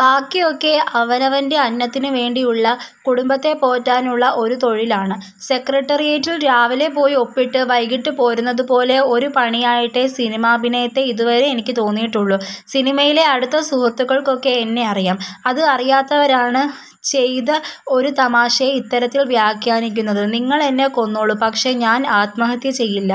ബാക്കിയൊക്കെ അവനവൻറെ അന്നത്തിന് വേണ്ടിയുള്ള, കുടുംബത്തെ പോറ്റാനുള്ള ഒരു തൊഴിലാണ്. സെക്രട്ടേറിയറ്റിൽ രാവിലെ പോയി ഒപ്പിട്ട്, വൈകിട്ട് പോരുന്നതുപോലെ ഒരു പണിയായിട്ടേ സിനിമാഭിനയത്തെ ഇതുവരെ എനിക്ക് തോന്നിയിട്ടുള്ളൂ. സിനിമയിലെ അടുത്ത സുഹൃത്തുക്കൾക്കൊക്കെ എന്നെ അറിയാം. അത് അറിയാത്തവരാണ് ചെയ്ത ഒരു തമാശയെ ഇത്തരത്തിൽ വ്യാഖ്യാനിക്കുന്നത്. നിങ്ങൾ എന്നെ കൊന്നോളൂ, പക്ഷേ ഞാൻ ആത്മഹത്യ ചെയ്യില്ല.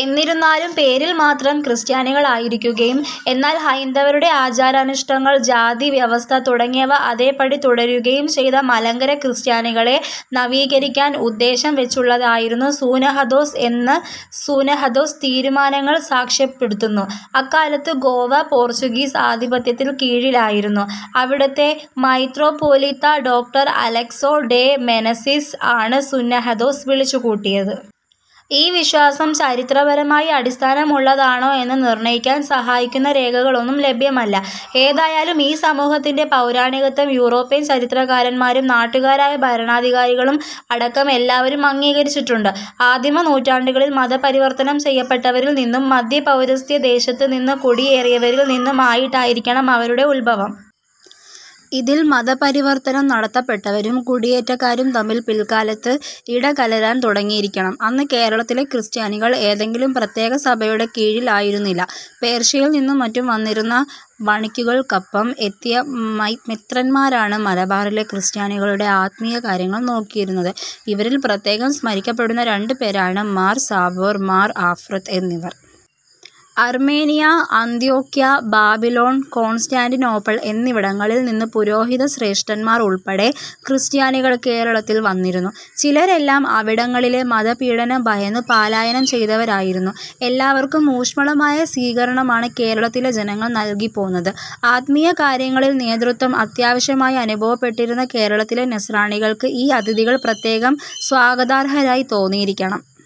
എന്നിരുന്നാലും പേരിൽമാത്രം ക്രിസ്ത്യാനികളായിരിക്കുകയും എന്നാൽ ഹൈന്ദവരുടെ ആചാരാനുഷ്ഠാനങ്ങൾ, ജാതിവ്യവസ്ഥ തുടങ്ങിയവ അതേപടി തുടരുകയും ചെയ്ത മലങ്കര ക്രിസ്ത്യാനികളെ നവീകരിക്കാൻ ഉദ്ദേശം വച്ചുള്ളതായിരുന്നു സൂനഹദോസ് എന്ന് സൂനഹദോസ് തീരുമാനങ്ങൾ സാക്ഷ്യപ്പെടുത്തുന്നു. അക്കാലത്ത് ഗോവ പോർച്ചുഗീസ് ആധിപത്യത്തിൻ കീഴിലായിരുന്നു. അവിടത്തെ മെത്രാപ്പോലീത്ത, ഡോ. അലെക്സൊ ഡെ മെനസിസ് ആണ് സുന്നഹദോസ് വിളിച്ചുകൂട്ടിയത്. ഈ വിശ്വാസം ചരിത്രപരമായി അടിസ്ഥാനമുള്ളതാണോ എന്നു നിർണ്ണയിക്കാൻ സഹായിക്കുന്ന രേഖകളൊന്നും ലഭ്യമല്ല. ഏതായാലും ഈ സമൂഹത്തിന്റെ പൗരാണികത്ത്വം യൂറോപ്യൻ ചരിത്രകാരന്മാരും നാട്ടുകാരായ ഭരണാധികാരികളും അടക്കം എല്ലാവരും അംഗീകരിച്ചിട്ടുണ്ട്. ആദിമ നൂറ്റാണ്ടുകളിൽ മതപരിവർത്തനം ചെയ്യപ്പെട്ടരിൽ നിന്നും മദ്ധ്യ പൗരസ്ത്യ ദേശത്ത് നിന്ന് കുടിയേറിയവരിൽ നിന്നും ആയിട്ടായിരിക്കണം അവരുടെ ഉത്ഭവം. ഇതിൽ മതപരിവർത്തനം നടത്തപ്പെട്ടവരും കുടിയേറ്റക്കാരും തമ്മിൽ പിൽക്കാലത്ത് ഇടകലരാൻ തുടങ്ങിയിരിക്കണം. അന്ന് കേരളത്തിലെ ക്രിസ്ത്യാനികൾ ഏതെങ്കിലും പ്രത്യേക സഭയുടെ കീഴിൽ ആയിരുന്നില്ല. പേർഷ്യയിൽ നിന്നും മറ്റും വന്നിരുന്ന വണിക്കുകൾക്കൊപ്പം എത്തിയ മെത്രാന്മാരാണ് മലബാറിലെ ക്രിസ്ത്യാനികളുടെ ആത്മീയ കാര്യങ്ങൾ നോക്കിയിരുന്നത്. ഇവരിൽ പ്രത്യേകം സ്മരിക്കപ്പെടുന്ന രണ്ടു പേരാണ് മാർ സാബോർ, മാർ ആഫ്രൊത്ത് എന്നിവർ. അർമേനിയ, അന്ത്യോക്ക്യ, ബാബിലോൺ, കോൺസ്റ്റാന്റിനോപ്പിൾ എന്നിവിടങ്ങളിൽ നിന്ന് പുരോഹിതശ്രേഷ്ഠന്മാർ ഉൾപ്പെടെ ക്രിസ്ത്യാനികൾ കേരളത്തിൽ വന്നിരുന്നു. ചിലരെല്ലം അവിടങ്ങളിലെ മത പീഡനം ഭയന്ന് പാലായനം ചെയ്തവരായിരുന്നു. എല്ലാവർക്കും ഊഷ്മളമായ സ്വീകരണമാണ് കേരളത്തിലെ ജനങ്ങൾ നൽകി പോന്നത്. ആത്മീയ കാര്യങ്ങളിൽ നേതൃത്വം അത്യാവശ്യമായി അനുഭവപ്പെട്ടിരുന്ന കേരളത്തിലെ നസ്രാണികൾക്ക് ഈ അതിഥികൾ പ്രത്യേകം സ്വാഗതാർഹരായി തോന്നിയിരിക്കണം.